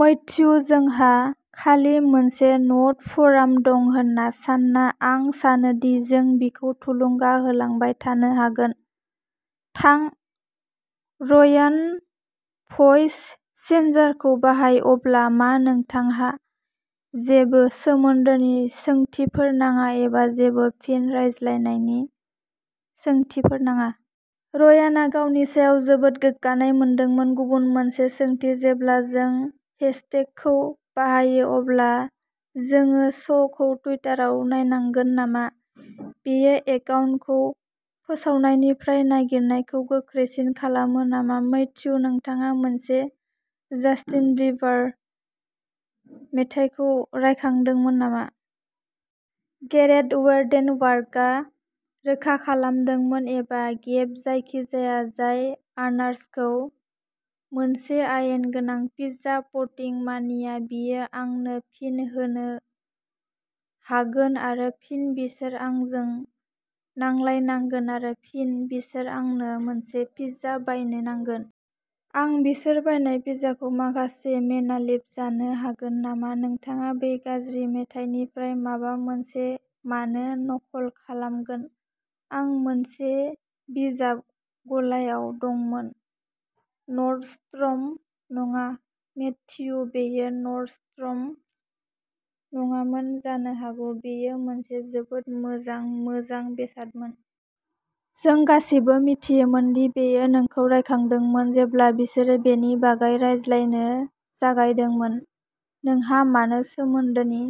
Matthew जोंहा खालि मोनसे नट फराम दं होन्ना सान्ना, आं सानो दि जों बिखौ थुलुंगा होलांबाय थानो हागोन थां, रयान भ'इस चेन्जारखौ बाहाय। अब्ला मा नोंथांहा जेबो सोमोन्दोनि सोंथिफोर नाङा एबा जेबो फिन रायलायनायनि सोंथिफोर नाङा? रयानआ गावनि सायाव जोबोद गोग्गानाय मोनदोंमोन। गुबुन मोनसे सोंथि। जेब्ला जों हेशटेगखौ बाहायो अब्ला जोंङो श'खौ टुइटाराव नायनांगोन नामा? बेयो एकाउन्टखौ फोसावनायनिफ्राय नागिरनायखौ गोख्रैसिन खालामो नामा? मैथ्यू नोंथाङा मोनसे जास्टिन बाइबार मेथाइखौ रायखांदोंमोन नामा? गेरेट वेन्डेनबार्गआ रोखा खालामदोंमोन एबा गेब जायखिजाया जाय आनारसखौ मोनसे आयेन गोनां पिज्जा टपिं मानिया बियो आंनो फिन होनो हागोन आरो फिन बिसोर आंजों नांलायनांगोन आरो फिन बिसोर आंनो मोनसे पिज्जा बायनो नांगोन। आं बिसोर बायनाय पिज्जाखौ माखासे मेनालिभ जानो हागोन नामा? नोंथाङा बै गाज्रि मेथाइनिफ्राय माबा मोनसे मानो नखल खालामगोन? "आं मोनसे बिजाब गलायाव दंमोन नर्डस्ट्रम" नङा, मैथ्यू, बेयो नर्डस्ट्रम नङामोन। जानो हागौ बेयो मोनसे जोबोद मोजां मोजां बेसादमोन। जों गासिबो मिथियोमोन दि बेयो नोंखौ रायखांदोंमोन जेब्ला बिसोरो बेनि बागै रायज्लायनो जागायदोंमोन। नोंहा मानो सोमोन्दोनि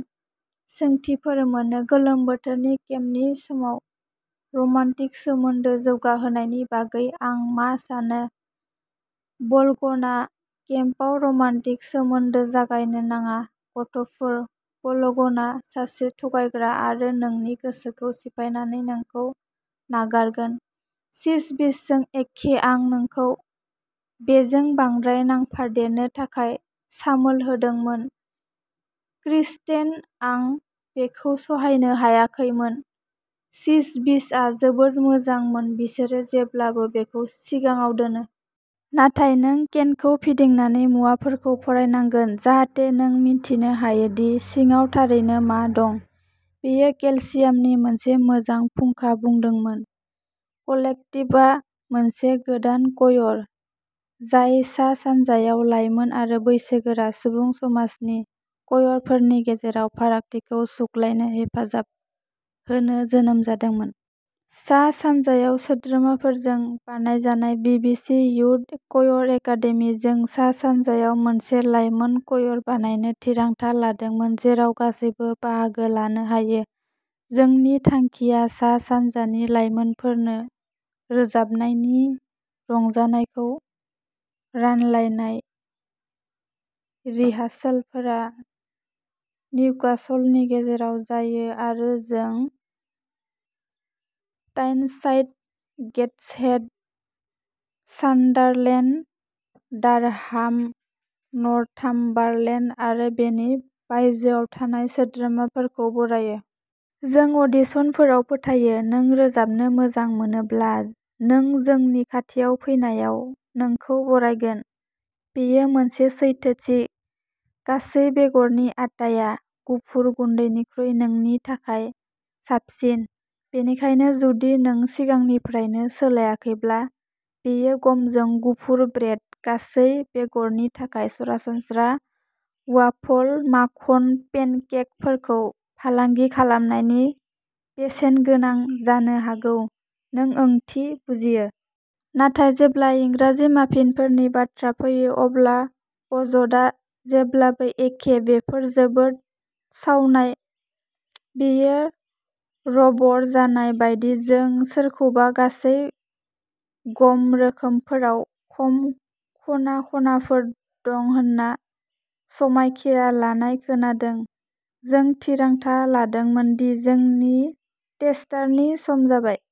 सोंथिफोर मोनो? गोलोम बोथोरनि केम्पनि समाव रमान्टिक सोमोन्दो जौगाहोनायनि बागै आं मा सानो? बल'गना केम्पआव रमान्टिक सोमोन्दो जागायनो नाङा, गथ'फोर बल'गना सासे थगायग्रा आरो नोंनि गोसोखौ सिफायनानै नोंखौ नागारगोन चिज विजजों एखे आं नोंखौ बेजों बांद्राय नांफादेरनो थाखाय सामोल होदोंमोन, क्रिस्टेन आं बेखौ सहायनो हायाखैमोन चिज विजआ जोबोद मोजांमोन बिसोरो जेब्लाबो बेखौ सिगाङाव दोनो। नाथाय नों केनखौ फिदिंनानै मुवाफोरखौ फरायनांगोन जाहाथे नों मिन्थिनो हायो दि सिङाव थारैनो मा दं! बेयो केलसियामनि मोनसे मोजां फुंखा बुंदोंमोन कलेक्टिभआ मोनसे गोदान क'यर, जाय सा-सानजायाव लाइमोन आरो बैसोगोरा सुबुं समाजनि क'यरफोरनि गेजेराव फारागथिखौ सुग्लायनो हेफाजाब होनो जोनोम जादोंमोन। सा-सानजायाव सोद्रोमाफोरजों बानायजानाय। बिबिसि युथ क'यर एकादेमि, जों सा-सानजायाव मोनसे लाइमोन क'यर बानायनो थिरांथा लादोंमोन, जेराव गासैबो बाहागो लानो हायो। जोंनि थांखिया सा-सानजानि लाइमोनफोरनो रोजाबनायनि रंजानायखौ रानलायनाय। रिहार्सेलफोरा निउकासलनि गेजेराव जायो आरो जों Tyneside, Gateshead, Sunderland, Durham, Northumberland आरो बेनि बायजोआव थानाय सोद्रोमाफोरखौ बरायो। जों अडिशनफोराव फोथायो, नों रोजाबनो मोजां मोनोब्ला, नों जोंनि खाथियाव फैनायाव नोंखौ बरायगोन। बेयो मोनसे सैथोथि। गासै बेगरनि आटाआ गुफुर गुन्दैनिख्रुइ नोंनि थाखाय साबसिन। बेनिखायनो जुदि नों सिगांनिफ्रायनो सोलायाखैब्ला, बेयो गमजों गुफुर ब्रेड, गासै-बेगरनि थाखाय सरासनस्रा वाफल, माखन पेनकेकफोरखौ फालांगि खालामनायनि बेसेनगोनां जानो हागौ नों ओंथि बुजियो। नाथाय जेब्ला इंराजि माफिनफोरनि बाथ्रा फैयो, अब्ला अजदआ जेब्लाबो एखे "बेफोर जोबोद सावनाय!" "बेयो रबर जानाय बायदि।" जों सोरखौबा गासै गम रोखोमफोराव खम खना-खनाफोर दं होनना समायखिरा लानाय खोनादों। जों थिरांथा लादोंमोन दि जोंनि टेस्टारनि सम जाबाय।